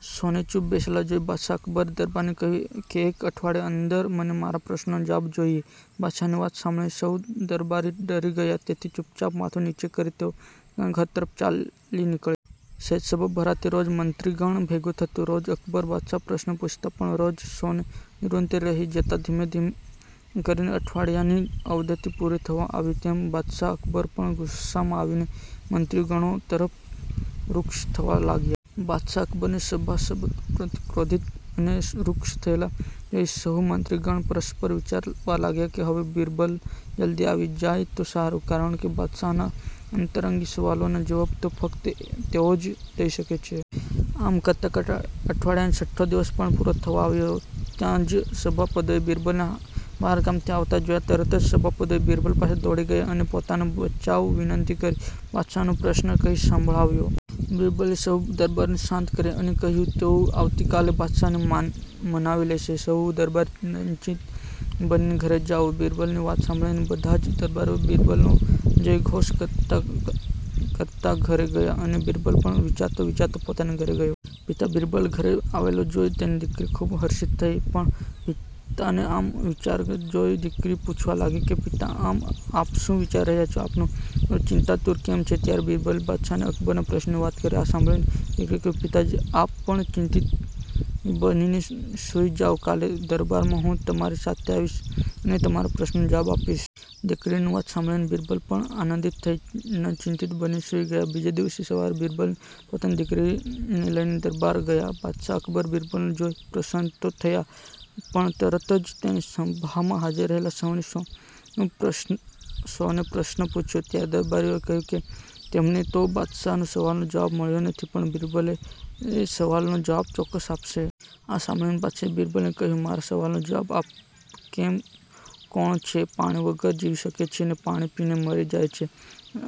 સૌને ચૂપ બેસેલા જોઈ બાદશાહ અકબરે દરબારને કહ્યું કે એક અઠવાડિયાની અંદર મને મારા પ્રશ્નનો જવાબ જોઈએ. બાદશાહની વાત સાંભળીને સહુ દરબારી ડરી ગયાં તેથી ચૂપચાપ માથું નીચે કરી તેઓ પોતાના ઘર તરફ ચાલી નીકળ્યાં. રોજ સભા ભરાતી, રોજ મંત્રીગણ ભેગું થતું, રોજ અકબર બાદશાહ પ્રશ્ન પૂછતા પણ રોજ સૌ નિરુત્તર રહી જતાં. ધીમે ધીમે કરીને અઠવાડીયાની અવધતી પૂરી થવા આવી તેમ બાદશાહ અકબર પણ ગુસ્સામાં આવીને મંત્રીગણો તરફ રૂક્ષ થવા લાગ્યા. બાદશાહ અકબરને સભાસદો પ્રત્યે ક્રોધિત અને રૂક્ષ થયેલા જોઈ સહુ મંત્રીગણ પરસ્પર વિચારવા લાગ્યા કે હવે બિરબલજી જલ્દી આવી જાય તો સારું કારણ કે બાદશાહનાં અંતરંગી સવાલોનાં જવાબ તો ફક્ત તેઓ જ દઈ શકે છે. આમ કરતાં કરતાં અઠવાડીયાનાં છઠ્ઠો દિવસ પણ પૂરો થવા આવ્યો હતો ત્યાં જ સભાસદોએ બિરબલને બહારગામથી આવતા જોયા તરત જ સભાસદો બિરબલ પાસે દોડી ગયાં અને પોતાને બચાવવા વિનંતી કરી બાદશાહનો પ્રશ્ન કહી સંભળાવ્યો. બિરબલે સહુ દરબારીને શાંત કર્યા અને કહ્યું તેઓ આવતી કાલે બાદશાહને મનાવી લેશે સહુ દરબારી નચિંત બનીને ઘરે જાઓ. બિરબલની વાત સાંભળીને બધા જ દરબારીઑ બિરબલનો જયઘોષ કરતાં કરતાં ઘેર ગયાં અને બિરબલ પણ વિચારતો વિચારતો પોતાના ઘરે ગયો. પિતા બિરબલને ઘરે આવેલ જોઈ તેની દીકરી ખૂબ હર્ષિત થઈ પણ પિતાને આમ વિચારમગ્ન જોઈ દીકરી પૂછવા લાગી કે પિતાજી આમ આપ શું વિચારી રહ્યાં છો? આપનો ચહેરો ચિંતાતુર કેમ છે? ત્યારે બિરબલે બાદશાહ અકબરનાં પ્રશ્નની વાત કરી આ સાંભળીને દીકરીએ કહ્યું પિતાજી આપ પણ નચિંત બનીને સૂઈ જાવ કાલે દરબારમાં હું તમારી સાથે આવીશ અને તમારા પ્રશ્નનો જવાબ આપીશ. દીકરીની વાત સાંભળીને બિરબલજી પણ આનંદિત થઈ, નચિંત બની ને સૂઈ ગયાં. બીજે દિવસની સવારે બિરબલજી પોતાની દીકરીને લઈ દરબારમાં ગયાં. બાદશાહ અકબર બિરબલને જોઈને પ્રસન્ન તો થયા પણ તરત જ તેને સભામાં હાજર રહેલા સહુને સૌને પ્રશ્ન પૂછ્યો ત્યારે દરબારીઓએ કહ્યું કે તેમને તો બાદશાહનાં સવાલનો જવાબ મળ્યો નથી પણ બિરબલજી એ સવાલનો જવાબ ચોક્કસ આપશે. આ સાંભળીને બાદશાહે બિરબલને કહ્યું મારા સવાલનો જવાબ આપ કે એવું કોણ છે જે પાણી વગર જીવી શકે છે ને પાણી પીને મરી જાય છે?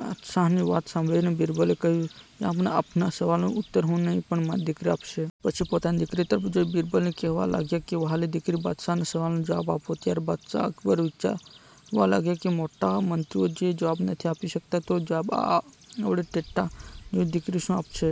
બાદશાહની વાત સાંભળીને બિરબલજીએ કહ્યું જહાંપનાહ આપના સવાલનો ઉત્તર હું નહીં પણ મારી દીકરી આપશે. પછી પોતાની દીકરી તરફ જોઈ બિરબલજી કહેવા લાગ્યાં કે વ્હાલી દીકરી બાદશાહનાં સવાલનો જવાબ આપો. ત્યારે બાદશાહ અકબર વિચારવા લાગ્યાં કે મોટા મોટા મંત્રીઑ જે જવાબ નથી આપી શકતાં તે જવાબ આ આવડી ટેટા જેવી દીકરી શું આપશે